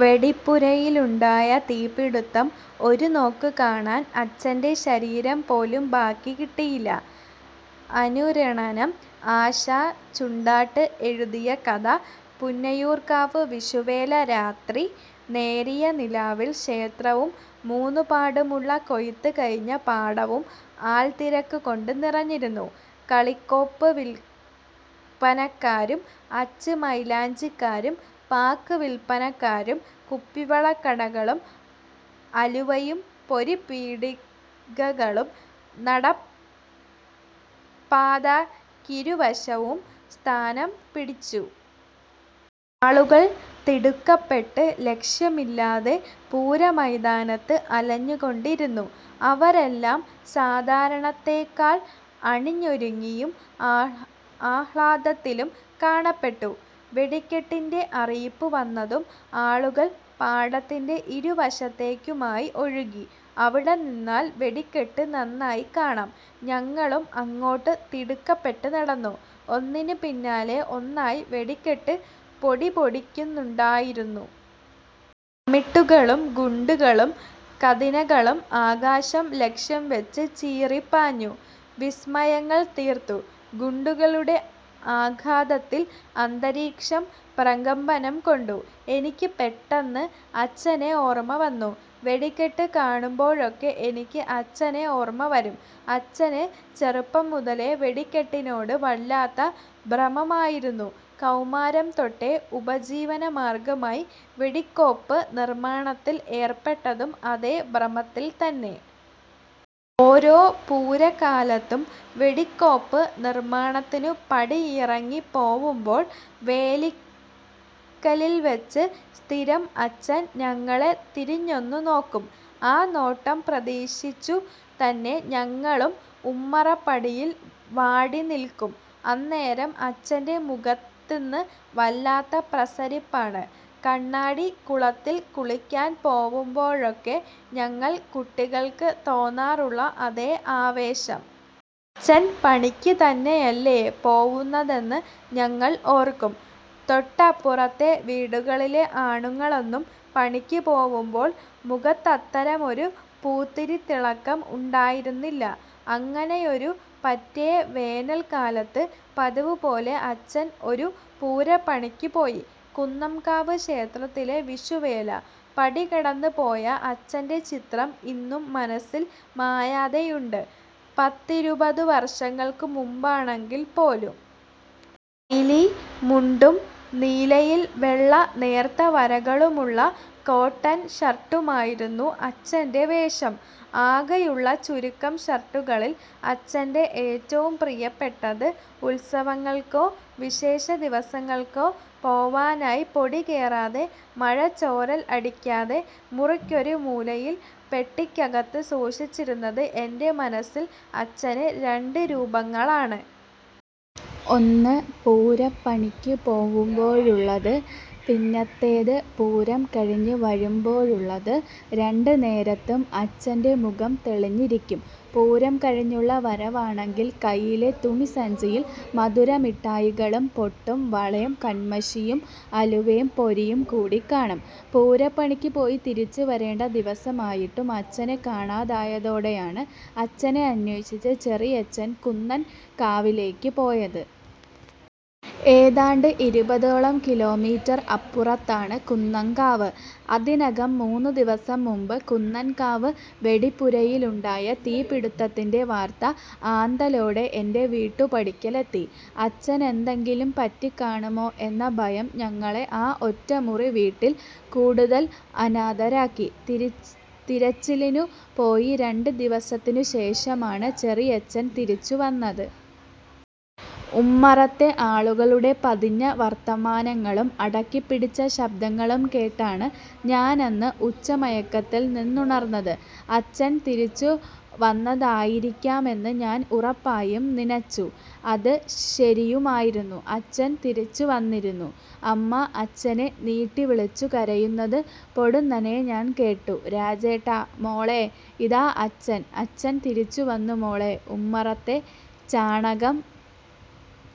വെടിപ്പുരയിലുണ്ടായ തീപിടുത്തം; 'ഒരുനോക്ക് കാണാൻ അച്ഛന്റെ ശരീരം പോലും ബാക്കി കിട്ടിയില്ല... ' അനുരണനം – ആശ ചുണ്ടാട്ട് എഴുതിയ കഥ പുന്നയൂർകാവ് വിഷുവേല രാത്രി. നേരിയ നിലാവിൽ ക്ഷേത്രവും മൂന്നുപാടുമുള്ള കൊയ്ത്ത് കഴിഞ്ഞ പാടവും ആൾതിരക്കുകൊണ്ട് നിറഞ്ഞിരുന്നു. കളികോപ്പ് വിൽപ്പനക്കാരും, അച്ച് മൈലാഞ്ചിക്കാരും, പാക്ക് വിൽപ്പനക്കാരും, കുപ്പിവള കടകളും, അലുവയും പൊരി പീടികകളും നടപ്പാതക്കിരുവശവും സ്ഥാനം പിടിച്ചു. ആളുകൾ തിടുക്കപെട്ട് ലക്ഷ്യമില്ലാതെ പൂര മൈതാനത്ത് അലഞ്ഞുകൊണ്ടിരുന്നു. അവരെല്ലാം സാധാരണത്തേക്കാൾ അണിഞൊരുങ്ങിയും ആഹ്ലാദത്തിലും കാണപ്പെട്ടു. വെടിക്കെട്ടിന്റെ അറിയിപ്പ് വന്നതും ആളുകൾ പാടത്തിന്റെ ഇരു വശത്തേയ്ക്കുമായി ഒഴുകി. അവിടെ നിന്നാൽ വെടിക്കെട്ട് നന്നായി കാണാം. ഞങ്ങളും അങ്ങോട്ട് തിടുക്കപ്പെട്ട് നടന്നു. ഒന്നിന് പിന്നാലെ ഒന്നായി വെടിക്കെട്ട് പൊടിപൊടിയ്ക്കുന്നുണ്ടായിരുന്നു. അമിട്ടുകളും ഗുണ്ടുകളും കതിനകളും ആകാശം ലക്ഷ്യംവച്ച് ചീറി പാഞ്ഞു വിസ്മയങ്ങൾ തീർത്തു. ഗുണ്ടുകളുടെ ആഘാതത്തിൽ അന്തരീക്ഷം പ്രകമ്പനം കൊണ്ടു. എനിക്ക് പെട്ടെന്ന് അച്ഛനെ ഓർമ വന്നു. വെടിക്കെട്ടു കാണുമ്പോഴൊക്കെ എനിക്ക് അച്ഛനെ ഓർമ വരും. അച്ഛന് ചെറുപ്പം മുതലേ വെടിക്കെട്ടിനോട് വല്ലാത്ത ഭ്രമമായിരുന്നു. കൗമാരം തൊട്ടേ ഉപജീവന മാർഗമായി വെടികോപ്പ് നിർമാണത്തിൽ ഏർപ്പെട്ടതും അതേ ഭ്രമത്തിൽതന്നെ. ഓരോ പൂര കാലത്തും വെടികോപ്പ് നിർമാണത്തിനു പടിയിറങ്ങി പോവുമ്പോൾ വേലിക്കലിൽ വച്ച് സ്ഥിരം അച്ഛൻ ഞങ്ങളെ തിരിഞ്ഞൊന്നു നോക്കും. ആ നോട്ടം പ്രതീക്ഷിച്ചു തന്നെ ഞങ്ങളും ഉമ്മറ പടിയിൽ വാടി നിൽക്കും. അന്നേരം അച്ഛന്റെ മുഖത്തിന് വല്ലാത്ത പ്രസരിപ്പാണ്. കണ്ണാടി കുളത്തിൽ കുളിക്കാൻ പോവുമ്പോഴൊക്കെ ഞങ്ങൾ കുട്ടികൾക്ക് തോന്നാറുള്ള അതേ ആവേശം. അച്ഛൻ പണിയ്ക്ക് തന്നെയല്ലേ പോവുന്നതെന്ന് ഞങ്ങൾ ഓർക്കും. തൊട്ടപ്പുറത്തെ വീടുകളിലെ ആണുങ്ങളൊന്നും പണിക്ക് പോവുമ്പോൾ മുഖത്തത്തരമൊരു പൂത്തിരി തിളക്കം ഉണ്ടായിരുന്നില്ല. അങ്ങനെയൊരു പറ്റെ വേനൽ കാലത്ത് പതിവ് പോലെ അച്ഛൻ ഒരു പൂരപണിയ്ക്ക് പോയി, കുന്നംകാവ് ക്ഷേത്രത്തിലെ വിഷു വേല. പടി കടന്ന് പോയ അച്ഛന്റെ ചിത്രം ഇന്നും മനസ്സിൽ മായാതെയുണ്ട്, പത്തിരുപതു വർഷങ്ങൾക്ക് മുൻപാണെങ്കിൽ പോലും. കൈലി മുണ്ടും നീലയിൽ വെള്ള നേർത്ത വരകളുമുള്ള കോട്ടൺ ഷർട്ടുമായിരുന്നു അച്ഛന്റെ വേഷം. ആകെയുള്ള ചുരുക്കം ഷർട്ടുകളിൽ അച്ഛന്റെ ഏറ്റവും പ്രിയപ്പെട്ടത്. ഉത്സവങ്ങൾക്കോ വിശേഷ ദിവസങ്ങൾക്കോ പോവാനായി പൊടി കേറാതെ മഴ ചോരൽ അടിക്കാതെ മുറിക്കൊരു മൂലയിൽ പെട്ടിക്കകത്ത് സൂക്ഷിച്ചിരുന്നത്. എന്റെ മനസ്സിൽ അച്ഛന് രണ്ട് രൂപങ്ങളാണ്. ഒന്ന് പൂര പണിക്ക് പോവുമ്പോഴുള്ളത്, പിന്നത്തേത് പൂരം കഴിഞ്ഞ് വരുമ്പോഴുള്ളത്. രണ്ട് നേരത്തും അച്ഛന്റെ മുഖം തെളിഞ്ഞിരിക്കും. പൂരം കഴിഞ്ഞുള്ള വരവാണെങ്കിൽ കയ്യിലെ തുണി സഞ്ചിയിൽ മധുര മിട്ടായികളും, പൊട്ടും വളേം കണ്മഷിയും അലുവേം പൊരിയും കൂടി കാണും. പൂര പണിക്ക് പോയി തിരിച്ചു വരേണ്ട ദിവസമായിട്ടും അച്ഛനെ കാണാതായതോടെയാണ് അച്ഛനെ അന്വേഷിച് ചെറിയച്ഛൻ കുന്നൻ കാവിലേയ്ക്ക് പോയത്. ഏതാണ്ട് ഇരുപതോളം കിലോമീറ്റർ അപ്പുറത്താണ് കുന്നംകാവ്, അതിനകം മൂന്നു ദിവസം മുൻപ് കുന്നൻ കാവ് വെടിപ്പുരയിലുണ്ടായ തീ പിടുത്തത്തിന്റെ വാർത്ത ആന്തലോടെ എന്റെ വീട്ടു പടിക്കലെത്തി. അച്ഛനെന്തെങ്കിലും പറ്റി കാണുമോ എന്ന ഭയം ഞങ്ങളെ ആ ഒറ്റ മുറി വീട്ടിൽ കൂടുതൽ അനാഥരാക്കി. തിരച്ചിലിനു പോയി രണ്ട് ദിവസത്തിനു ശേഷമാണു ചെറിയച്ഛൻ തിരിച്ചു വന്നത്. ഉമ്മറത്തെ ആളുകളുടെ പതിഞ്ഞ വർത്തമാനങ്ങളും അടക്കി പിടിച്ച ശബ്ദങ്ങളും കേട്ടാണ് ഞാനന്ന് ഉച്ച മയക്കത്തിൽ നിന്നുണർന്നത്. അച്ഛൻ തിരിച്ചു വന്നതായിരിക്കാമെന്ന് ഞാൻ ഉറപ്പായും നിനച്ചു. അത് ശരിയുമായിരുന്നു. അച്ഛൻ തിരിച്ചു വന്നിരുന്നു. അമ്മ അച്ഛനെ നീട്ടി വിളിച്ചു കരയുന്നത് പൊടുന്നനെ ഞാൻ കേട്ടു. 'രാജേട്ടാ... മോളേ ഇതാ അച്ഛൻ.. അച്ഛൻ തിരിച്ചു വന്നു മോളേ.. ' ഉമ്മറത്തെ ചാണകം